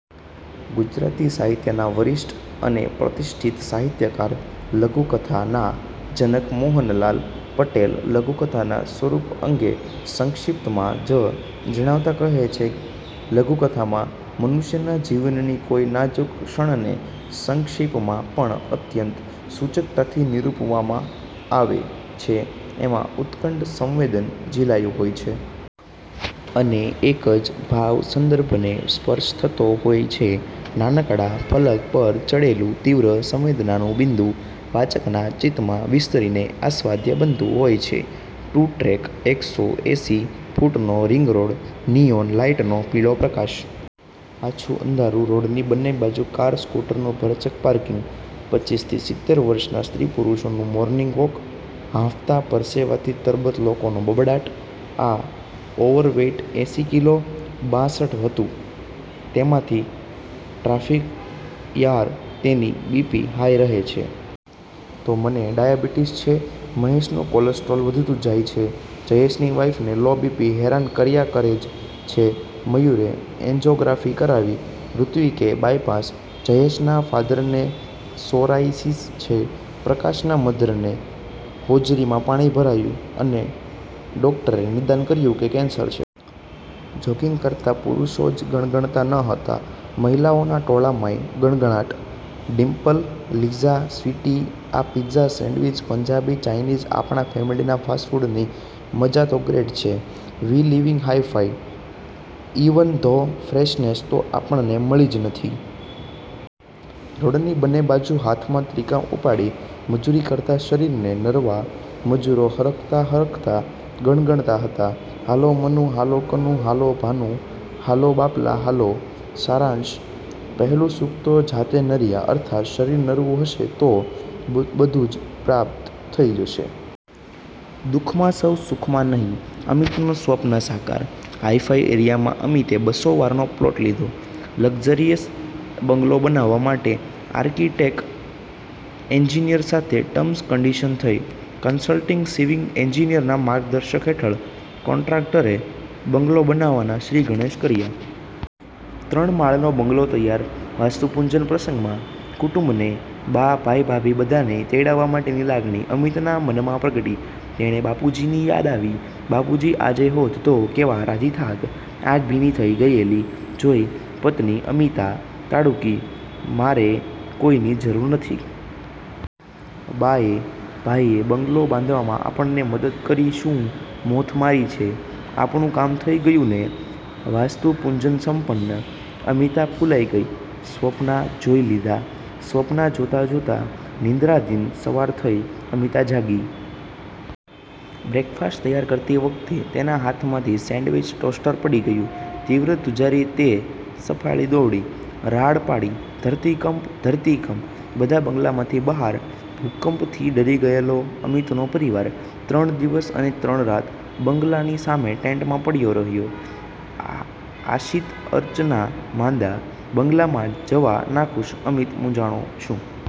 ગુજરાતી સાહિત્યનાં વરિષ્ઠ અને પ્રતિષ્ઠિત સાહિત્યકાર, લઘુકથા ના જનક મોહનલાલ પટેલ લઘુકથાના સ્વરૂપ અંગે સંક્ષિપ્તમાં જ જણાવતાં કહે છે: લઘુકથામાં મનુષ્યના જીવનની કોઈ નાજુક ક્ષણને સંક્ષેપમાં પણ અત્યંત સૂચકતાથી નિરૂપવામાં આવે છે. એમાં ઉત્કટ સંવેદન ઝિલાયું હોય છે. અને એક જ ભાવ સંદર્ભને સ્પર્શ થતો હોય છે. નાનકડા ફલક પર પડેલું તીવ્ર સંવેદનાનું બિન્દુ વાચકના ચિત્તમાં વિસ્તરીને આસ્વાદ્ય બનતું હોય છે. ટુ-ટ્રેક એકસો એંસી ફૂટનો રિંગ રોડ. નિયોન લાઈટનો પીળો પ્રકાશ. આછું અંધારું. રોડની બંને બાજુ કાર-સ્કુટરનું ભરચક પાર્કિંગ. પચ્ચીસથી સિતેર વર્ષના સ્ત્રી-પુરુષોનું મોર્નિગ વોક. હાંફતાં, પરસેવાથી તરબતર લોકોનો બબડાટ: આ ઓવર વેઇટ એંસી કિલો? બાંસઠ હતું. તેમાંથી ટ્રાફિક યાર, તને બી. પી. હાઈ રહે છે. તો મને ડાયાબીટિસ છે. મહેશનું કોલોસ્ટોલ વધતું જાય છે. જયેશની વાઈફને લો- બી.પી. હેરાન કર્યા કરે જ છે. મયૂરે એન્જોગ્રાફી કરાવી. ઋત્વિકે બાયપાસ. જયેશના ફાધરને સોરાઈસીસ છે. પ્રકાશનાં મધરને હોજરીમાં પાણી ભરાયું ને ડોકટરે નિદાન કર્યું કે, કેન્સર છે. જોગીંગ કરતાં પુરુષો જ ગણગણતાં નહોતાં. મહિલાઓના ટોળામાંય ગણગણાટ. ડિમ્પલ, લીઝા, સ્વીટી આ પિત્ઝા, સેન્ડવીચ, પંજાબી, ચાઇનીઝ, આપણા ફેમિલીના ફાસ્ટ ફૂડની મજા તો ગ્રેટ છે. We live hi-fi even though freshness તો આપણને મળતી જ નથી! રોડની બંને બાજુ હાથમાં ત્રિકમ ઉપાડી મજૂરી કરતાં શરીરે નરવા મજૂરો હરખાતાં-હરખાતાં ગણગણતાં હતાં: હાલો, મનુ.. હાલો કનુ.. હાલો ભનુ..હાલો બાપલા.. હાલો! સારાંશ: પહેલું સુખ તે જાતે નર્યા અર્થાત શરીર નરવું હશે તો બધું જ પ્રાપ્ત થઈ જશે. દુ:ખમાં સૌ સુખમાં નહીં અમિતનું સ્વપ્ન સાકાર, હાઈ-ફાઈ એરિયામાં અમિતે બસ્સો વારનો પ્લોટ લીધો. લકઝરિયસ બંગલો બનાવવા માટે આર્કિટેકટ એન્જિનિયર સાથે ટર્મ્સ-કંડિશન થઈ. કન્સલ્ટીંગ સિવિલ એન્જિનિયરનાં માર્ગદર્શન હેઠળ કોન્ટ્રાક્ટરે બંગલો બનાવવાના શ્રી ગણેશ કર્યાં. ત્રણ માળનો બંગલો તૈયાર વાસ્તુ-પૂજન પ્રસંગમાં કુટુંબને, બા, ભાઈ-ભાભી બધાંને તેડાવવા માટેની લાગણી અમિતના મનમાં પ્રગટી. તેને બાપુજીની યાદ આવી. બાપુજી આજે હોત તો કેવા રાજી થાત! આંખ ભીની થઈ ગયેલી જોઈ પત્ની અમિતા તાડૂકી: મારે કોઈની જરૂર નથી. બા એ, ભાઈએ બંગલો બાંધવામાં આપણને મદદ કરી શું મોથ મારી છે? આપણું કામ થઈ ગયું ને? વાસ્તુ પૂજન સંપન્ન. અમિતા ફૂલાઈ ગઈ. સ્વપ્ના જોઈ લીધાં. સ્વપ્ના જોતાં-જોતાં નિંદ્રાધીન. સવાર થઈ. અમિતા જાગી. બ્રેકફાસ્ટ તૈયાર કરતી વખતે તેના હાથમાંથી સેન્ડવીચ ટોસ્ટર પડી ગયું. તીવ્ર ધ્રુજારી. તે સફાળી દોડી. રાડ પાડી. ધરતીકંપ.. ધરતીકંપ.. બધાં બંગલામાંથી બહાર. ભૂકંપથી ડરી ગયેલો અમિતનો પરિવાર ત્રણ દિવસ અને ત્રણ રાત બંગલાની સામે ટેન્ટમાં પડ્યો રહ્યો. આશિત-અર્ચના માંદા. બંગલામાં જવા નાખુશ. અમિત મૂંઝાણો. શું